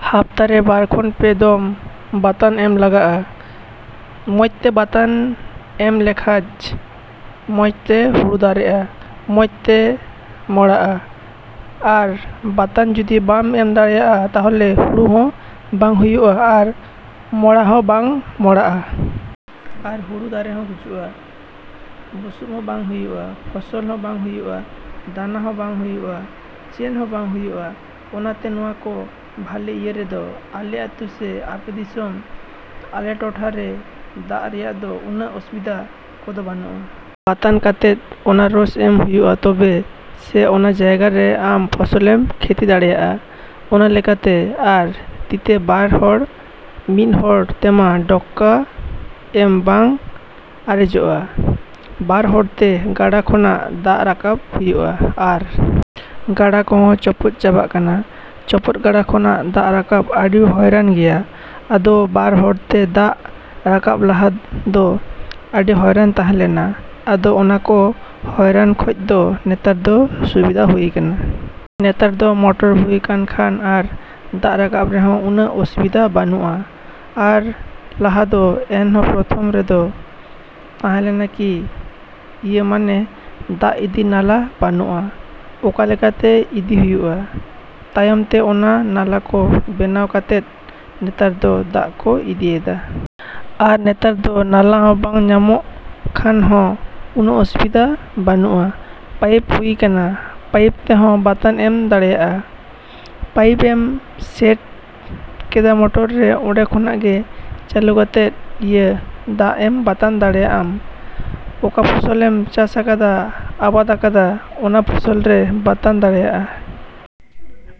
ᱦᱟᱯᱛᱟᱨᱮ, ᱵᱟᱨ ᱠᱷᱚᱱ ᱯᱮ ᱫᱚᱢ ᱵᱟᱛᱟᱱ ᱮᱢ ᱞᱟᱜᱟᱜᱼᱟ᱾ ᱢᱚᱡᱽ ᱛᱮ ᱵᱟᱛᱟᱱ ᱮᱢ ᱞᱮᱠᱷᱟᱡ ᱢᱚᱡᱽ ᱛᱮ ᱦᱩᱲᱩ ᱫᱟᱨᱮᱜᱼᱟ, ᱢᱚᱡᱽ ᱛᱮ ᱢᱚᱲᱟᱜᱼᱟ᱾ ᱟᱨ ᱵᱟᱛᱟᱱ ᱡᱩᱫᱤ ᱵᱟᱢ ᱮᱢ ᱫᱟᱲᱮᱭᱟᱜᱼᱟ ᱛᱟᱦᱚᱞᱮ ᱦᱩᱲᱩ ᱦᱚᱸ ᱵᱟᱝ ᱦᱩᱭᱩᱜᱼᱟ ᱟᱨ ᱢᱚᱲᱟ ᱦᱚᱸ ᱵᱟᱝ ᱢᱚᱲᱟᱜᱼᱟ᱾ ᱟᱨ ᱦᱩᱲᱩ ᱫᱟᱨᱮ ᱦᱚᱸ ᱜᱩᱡᱩᱜᱼᱟ, ᱵᱩᱥᱩᱵ ᱦᱚᱸ ᱵᱟᱝ ᱦᱩᱭᱩᱜᱼᱟ, ᱯᱷᱚᱥᱚᱞ ᱦᱚᱸ ᱵᱟᱝ ᱦᱩᱭᱩᱜᱼᱟ, ᱫᱟᱱᱟ ᱦᱚᱸ ᱵᱟᱝ ᱦᱩᱭᱩᱜᱼᱟ, ᱪᱮᱫ ᱦᱚᱸ ᱵᱟᱝ ᱦᱩᱭᱩᱜᱼᱟ᱾ ᱚᱱᱟᱛᱮ ᱱᱚᱣᱟ ᱠᱚ ᱵᱷᱟᱞᱮ, ᱤᱭᱟᱹ ᱨᱮᱫᱚ, ᱟᱞᱮ ᱟᱹᱛᱩ ᱥᱮ ᱟᱞᱮ ᱫᱤᱥᱚᱢ, ᱟᱞᱮ ᱴᱚᱴᱷᱟ ᱨᱮ ᱫᱟᱜ ᱨᱮᱭᱟᱜ ᱫᱚ ᱩᱱᱟᱹᱜ ᱚᱥᱩᱵᱤᱫᱷᱟ ᱠᱚᱫᱚ ᱵᱟᱹᱱᱩᱜᱼᱟ᱾ ᱵᱟᱛᱟᱱ ᱠᱟᱛᱮᱫ ᱚᱱᱟ ᱨᱚᱥ ᱮᱢ ᱦᱩᱭᱩᱜᱼᱟ ᱛᱚᱵᱮ ᱥᱮ ᱚᱱᱟ ᱡᱟᱭᱜᱟ ᱨᱮ ᱟᱢ ᱯᱷᱚᱥᱚᱞᱮᱢ ᱠᱷᱮᱛᱤ ᱫᱟᱲᱮᱭᱟᱜᱼᱟ᱾ ᱚᱱᱟ ᱞᱮᱠᱟᱛᱮ ᱟᱨ ᱛᱤᱛᱮ ᱵᱟᱨ ᱦᱚᱲ, ᱢᱤᱫ ᱦᱚᱲ ᱛᱮᱢᱟ ᱰᱚᱠᱠᱟ ᱮᱢ ᱵᱟᱝ ᱟᱨᱮᱡᱚᱜᱼᱟ᱾ ᱵᱟᱨ ᱦᱚᱲ ᱛᱮ ᱜᱟᱰᱟ ᱠᱷᱚᱱᱟᱜ, ᱫᱟᱜ ᱨᱟᱠᱟᱵ ᱦᱩᱭᱩᱜ ᱟ ᱾ᱟᱨ ᱜᱟᱰᱟ ᱠᱚᱦᱚ ᱪᱚᱯᱚᱫ ᱪᱟᱵᱟ ᱠᱟᱱᱟ᱾ ᱪᱚᱯᱚᱫ ᱜᱟᱰᱟ ᱠᱷᱚᱱᱟᱜ ᱫᱟᱜ ᱨᱟᱠᱟᱵ ᱟᱹᱰᱤ ᱦᱟᱹᱨᱭᱟᱹᱱ ᱜᱮᱭᱟ᱾ ᱟᱫᱚ ᱵᱟᱨ ᱦᱚᱲ ᱛᱮ ᱫᱟᱜ ᱨᱟᱠᱟᱵ ᱞᱟᱦᱟ ᱫᱚ ᱟᱹᱰᱤ ᱦᱟᱹᱨᱭᱟᱹᱱ ᱛᱟᱦᱮᱸ ᱞᱮᱱᱟ᱾ ᱟᱫᱚ ᱚᱱᱟ ᱠᱚ ᱦᱟᱹᱨᱭᱟᱹᱱ ᱠᱷᱚᱡ ᱫᱚ ᱱᱮᱛᱟᱨ ᱫᱚ ᱥᱩᱵᱤᱫᱷᱟ ᱦᱩᱭ ᱟᱠᱟᱱᱟ᱾ ᱱᱮᱛᱟᱨ ᱫᱚ ᱢᱚᱴᱚᱨ ᱦᱩᱭ ᱠᱟᱱ ᱠᱷᱟᱱ ᱟᱨ ᱫᱟᱜ ᱨᱟᱠᱟᱵ ᱨᱮᱦᱚᱸ ᱩᱱᱟᱹᱜ ᱚᱥᱩᱵᱤᱫᱷᱟ ᱵᱟᱹᱱᱩᱜᱼᱟ᱾ ᱟᱨ ᱞᱟᱦᱟ ᱫᱚ ᱮᱱᱦᱚᱸ ᱯᱨᱚᱛᱷᱚᱢ ᱨᱮᱫᱚ ᱛᱟᱦᱮᱸ ᱞᱮᱱᱟ ᱠᱤ ᱤᱭᱟᱹ ᱢᱟᱱᱮ ᱫᱟᱜ ᱤᱫᱤ ᱱᱟᱞᱟ ᱵᱟᱹᱱᱩᱜᱼᱟ, ᱚᱠᱟ ᱞᱮᱠᱟᱛᱮ ᱤᱫᱤ ᱦᱩᱭᱩᱜᱼᱟ᱾ ᱛᱟᱭᱚᱢ ᱛᱮ ᱚᱱᱟ ᱱᱟᱞᱟ ᱠᱚ ᱵᱮᱱᱟᱣ ᱠᱟᱛᱮᱫ ᱱᱮᱛᱟᱨ ᱫᱚ ᱫᱟᱜ ᱠᱚ ᱤᱫᱤᱭᱮᱫᱟ᱾ ᱟᱨ ᱱᱮᱛᱟᱨ ᱫᱚ ᱱᱟᱞᱟ ᱦᱚᱸ ᱵᱟᱝ ᱧᱟᱢᱚᱜ ᱠᱷᱟᱱ ᱦᱚᱸ ᱩᱱᱟᱹᱜ ᱚᱥᱩᱵᱤᱫᱷᱟ ᱵᱟᱹᱱᱩᱜᱼᱟ, ᱯᱟᱭᱤᱯ ᱦᱩᱭ ᱠᱟᱱᱟ᱾ ᱯᱟᱭᱤᱯ ᱛᱮᱦᱚᱸ ᱵᱟᱛᱟᱱ ᱮᱢ ᱫᱟᱲᱮᱟᱜᱼᱟ᱾ ᱯᱟᱭᱤᱯ ᱮᱢ ᱥᱮᱴ ᱠᱮᱫᱟ ᱢᱚᱴᱚᱨ ᱨᱮ, ᱚᱸᱰᱮ ᱠᱷᱚᱱᱟᱜ ᱜᱮ ᱪᱟᱹᱞᱩ ᱠᱟᱛᱮᱜ ᱤᱭᱟᱹ ᱫᱟᱜ ᱮᱢ ᱵᱟᱛᱟᱱ ᱫᱟᱲᱮᱜᱼᱟᱢ ᱚᱠᱟ ᱯᱷᱚᱥᱚᱞ ᱮᱢ ᱪᱟᱥ ᱟᱠᱟᱫᱟ, ᱟᱵᱟᱫ ᱟᱠᱟᱫᱟ ᱚᱱᱟ ᱯᱷᱚᱥᱚᱞ ᱨᱮ ᱵᱟᱛᱟᱱ ᱫᱟᱲᱮᱭᱟᱜᱼᱟ᱾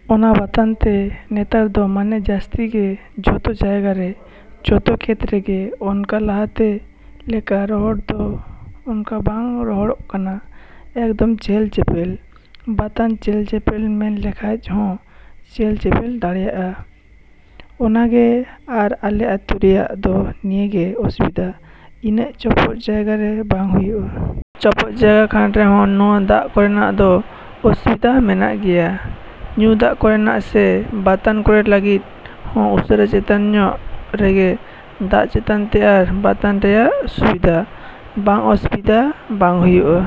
ᱚᱱᱟ ᱵᱟᱛᱟᱱ ᱛᱮ ᱱᱮᱛᱟᱨ ᱫᱚ ᱢᱟᱱᱮ ᱡᱟᱹᱥᱛᱤ ᱜᱮ ᱡᱚᱛᱚ ᱡᱟᱭᱜᱟ ᱨᱮ, ᱡᱚᱛᱚ ᱠᱷᱮᱛ ᱨᱮᱜᱮ ᱚᱱᱠᱟ ᱞᱟᱦᱟᱛᱮ ᱞᱮᱠᱟ ᱨᱚᱦᱚᱲ ᱫᱚ ᱚᱱᱠᱟ ᱵᱟᱝ ᱨᱚᱦᱚᱲᱚᱜ ᱠᱟᱱᱟ᱾ ᱮᱠᱫᱚᱢ ᱪᱮᱦᱮᱞᱼᱪᱮᱯᱮᱞ, ᱵᱟᱛᱟᱱ ᱪᱮᱦᱮᱞᱼᱪᱮᱯᱮᱞ ᱢᱮᱱ ᱞᱮᱠᱷᱟᱡ ᱦᱚᱸ ᱪᱮᱦᱮᱞᱼᱪᱮᱯᱮᱞ ᱫᱟᱲᱮᱭᱟᱜᱼᱟ᱾ ᱚᱱᱟ ᱜᱮ, ᱟᱨ ᱟᱞᱮ ᱟᱹᱛᱩ ᱨᱮᱭᱟᱜ ᱫᱚ ᱱᱤᱭᱟᱹ ᱜᱮ ᱚᱥᱩᱵᱤᱫᱷᱟ ᱤᱱᱟᱹᱜ ᱪᱚᱯᱚᱫ ᱡᱟᱭᱜᱟ ᱨᱮ ᱵᱟᱝ ᱦᱩᱭᱩᱜᱼᱟ᱾ ᱪᱚᱯᱚᱫ ᱡᱟᱭᱜᱟ ᱠᱟᱱ ᱨᱮᱦᱚᱸ ᱱᱚᱣᱟ ᱫᱟᱜ ᱠᱚᱨᱮᱱᱟᱜ ᱫᱚ ᱚᱥᱩᱵᱤᱫᱷᱟ ᱢᱮᱱᱟᱜ ᱜᱮᱭᱟ ᱧᱩ ᱫᱟᱜ ᱠᱚᱨᱮᱱᱟᱜ ᱥᱮ ᱵᱟᱛᱟᱱ ᱠᱚᱨᱮ ᱞᱟᱹᱜᱤᱫ ᱦᱚᱸ ᱩᱥᱟᱹᱨᱟ ᱪᱮᱛᱟᱱ ᱧᱚᱜ ᱨᱮᱜᱮ ᱫᱟᱜ ᱠᱚ ᱪᱮᱛᱟᱱ ᱛᱮ ᱟᱨ ᱵᱟᱛᱟᱱ ᱨᱮᱭᱟᱜ ᱥᱩᱵᱤᱫᱷᱟ, ᱵᱟᱝ ᱚᱥᱩᱵᱤᱫᱷᱟ ᱵᱟᱝ ᱦᱩᱭᱩᱜᱼᱟ᱾